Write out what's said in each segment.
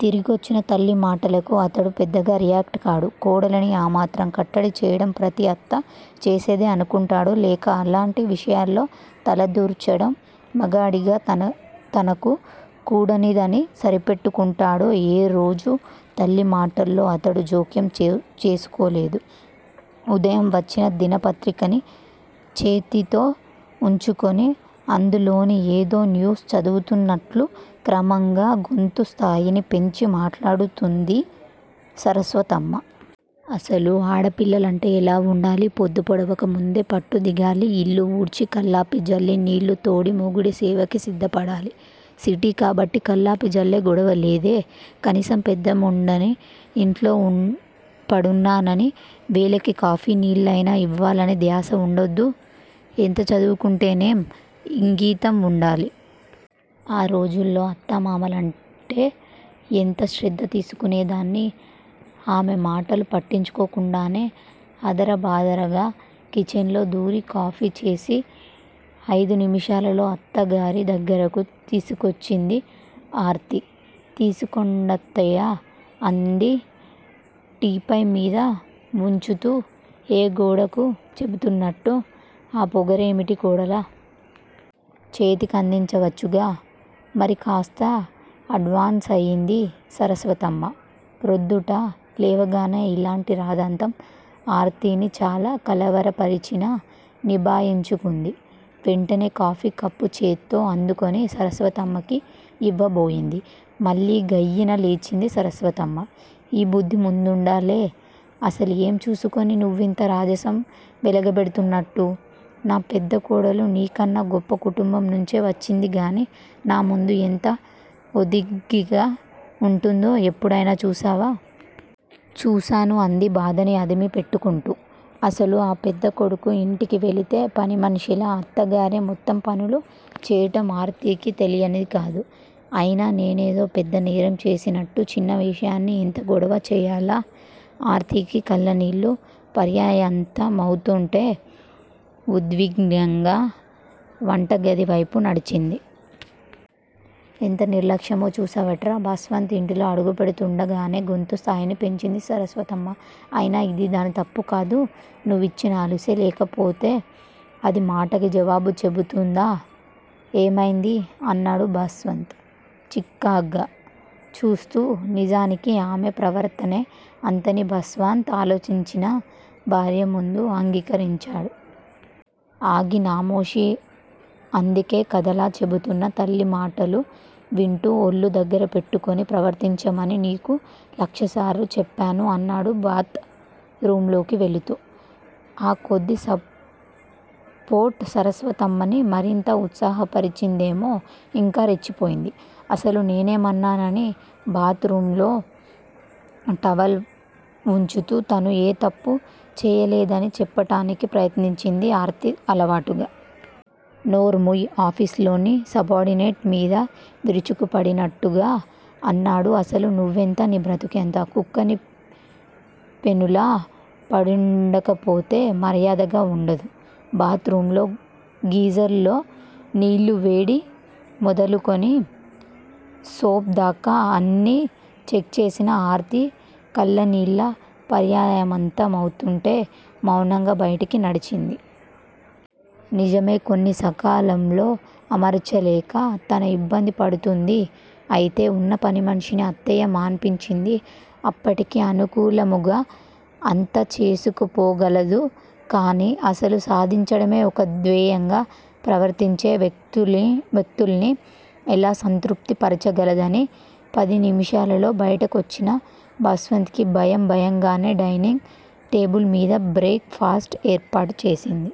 తిరిగొచ్చినా తల్లి మాటలకి అతడు పెద్దగా రియాక్ట్. కాడు. కోడలిని ఆమాత్రం కట్టడి చేయడం ప్రతి అత్తా చేసేదే అనుకుంటాడో లేక అలాంటి విషయాల్లో తలదూర్చడం మగాడిగా తనకు కూడనిదని సరిపెట్టుకుంటాడో ఏ రోజూ తల్లి మాటల్లో అతడు జోక్యం చే చేసుకోలేదు. ఉదయం వచ్చిన దినపత్రికని చేతితో ఉంచుకుని అందులోని ఏదో న్యూస్ చదువుతున్నట్లు క్రమంగా గొంతు స్థాయిని పెంచి మాట్లాడుతూంది సరస్వతమ్మా. అసలు ఆడపిల్లలంటే ఎలా వుండాలి? పొద్దు పొడవకముందే పట్టు దిగాలి. ఇల్లు ఊడ్చి, కళ్ళాపి జల్లి, నీళ్ళూ తోడి మొగుడి సేవకి సిద్ధపడాలి. సిటీ కాబట్టి కాళ్ళాపి జల్లే గొడవలేదే, కనీసం పెద్దముండని ఇంట్లో పడున్నాననీ, వేళకి కాఫీ నీళ్ళయినా ఇవ్వాలనీ ధ్యాస ఉండొద్దూ. ఎంత చదువుకుంటేనేం ఇంగితం వుండాలి. ఆ రోజుల్లో అత్తా, మామలంటే ఎంత శ్రద్ధ తీసుకునేదాన్ని ఆమె మాటలు పట్టించుకోకుండానే ఆదరబాదరాగా కిచెన్ లో దూరి కాఫీ చేసి అయిదు నిమిషాలలో అత్తగారి దగ్గరకు తీసుకొచ్చింది ఆర్తి. తీసుకోండత్తయ్యా అంది టీపాయ్ మీద వుంచుతూ. ఏ గోడకో చెబుతున్నట్టు ఆ పొగరేమిటి కోడలా! చేతికందించవచ్చుగా? మరికాస్త అడ్వాన్సయింది సరస్వతమ్మ. ప్రొద్దుట లేవగానే ఇలాంటి రాద్ధాంతం ఆర్తిని చాలా కలవరపరిచినా నిభాయించుకుంది. వెంటనే కాఫీ కప్పుచేత్తో అందుకుని సరస్వతమ్మకి యివ్వబోయింది. మళ్ళీ గయ్యి న లేచింది సరస్వతమ్మ. ఈబుద్ది ముందుండాలే. అసలు ఏం చూసుకుని నువ్వింత రాజసం వెలగబెడుతున్నట్టు? నా పెద్ద కోడలు నీకన్నా గొప్ప కుటుంబం నుంచే వచ్చిందిగాని నా ముందు ఎంత ఒద్దికగా వుంటుందో ఎప్పుడయినా చూశావా? చూశాను అంది బాధని అదిమి పెట్టుకుంటూ. ఆసలు ఆ పెద్ద కొడుకు ఇంటికి వెళితే పనిమనిషిలా అత్తగారే మొత్తం పనులు చేయటం ఆర్తికి తెలీనిది కాదు. అయినా నేనేదో పెద్ద నేరం చేసినట్టు చిన్న విషయానికి ఇంత గొడవ చేయాలా? ఆర్తికి కళ్ళనీళ్ల పర్యంతమౌతుంటే వుద్విగ్నంగా వంటగది వైపు నడించింది. ఎంత నిర్లక్ష్యమో చూశావట్రా? భాస్వంత్ ఇంటిలో అడుగుపెటుతుండగానే గొంతు స్థాయిని పెంచింది సరస్వతమ్మ. అయినా ఇది దాని తప్పు కాదు నువ్విచ్చిన అలుసే. లేకపోతే అది మాటకి జవాబు చెబుతుందా? ఏమైంది? అన్నాడు భాస్వంత్ చికాగ్గా చూస్తూ. నిజానికి ఆమె ప్రవర్తనే అంతని భాస్వంత్ ఆలోచించినా భార్యముందు అంగీకరించడు. ఆగి నామోషీ. అందుకే కథలా చెబుతున్న తల్లి మాటలు వింటూ ఒళ్ళు దగ్గరపెట్టుకుని ప్రవర్తించమని నీకు లక్షసార్లు చెప్పాను అన్నాడు బాత్ రూంలోకి వెళుతూ. ఆ కొద్ది సపోర్ట్ సరస్వతమ్మని మరింత ఉత్సాహపరిచిందేమో ఇంకా రెచ్చిపోయింది. అసలు నేనేమన్నానని? బాత్ రూంలో టవల్ వుంచుతూ తను ఏ తప్ప్పూ చేయలేదని చెప్పటానికి ప్రయత్నించింది ఆర్తి అలవాటుగా. నోర్ముయ్! ఆఫీసులోని సబార్డినేట్ మీద విరుచుకుపడినట్టుగా అన్నాడు అసలు నువ్వెంత నీ బ్రతుకెంత? కుక్కిన పేనులా పడుండకపోతే మర్యాదగా వుండదు. బాత్ రూంలో గీజర్ లో నీళ్ళూ వేడి మొదలుకుని సోప్ దాకా అన్నీ చెక్ చేసిన ఆర్తి కళ్ళనీళ్ళ పర్యంతమవుతుంటే మౌనంగా బయటికి నడిచింది. నిజమే! కొన్ని సకాలంలో అమర్చలేక తన ఇబ్బంది పడుతూంది. అయితే ఉన్న పనిమనిషినీ అత్తయ్య మాన్పించింది. అప్పటికీ అనుకూలముగా అంతా చేసుకుపోగలదుకాని అసలు సాధించడమే ఒక ధ్యేయంగా ప్రవర్తించే వ్యక్తుల్ని ఎలా సంతృప్తి పరచగలదని. పది నిమిషాలలో బయటకొచ్చిన భాస్వంత్ కి భయం భయంగానే డైనింగ్ టేబుల్ మీద భ్రేక్ ఫాస్ట్ ఏర్పాటు చేసింది.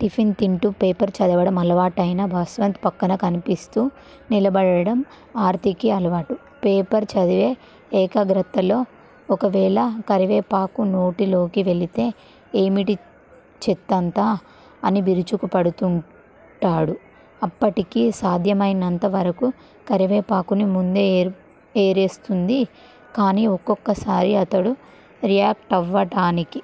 టిఫిన్ తింటూ పేపర్ చదవడం అలవాటయిన భాస్వంత్ పక్కన కంపిస్తూ నిలబడటం ఆర్తికి అలవాటు. పేపర్ చదివే ఏకగ్రతలోఒకవేళ కరివేపాకు నోటిలోకి వెళితే 'ఏమిటీ చెత్తంతా? ' అని విరుచుకుపడుతుంటాడు. అప్పటికీ సాధ్యమైనంత వరకూ కరివేపాకుని ముందే ఏరే ఏరేస్తుంది. కానీ ఒక్కోసారి అతడు రియాక్టవటానికి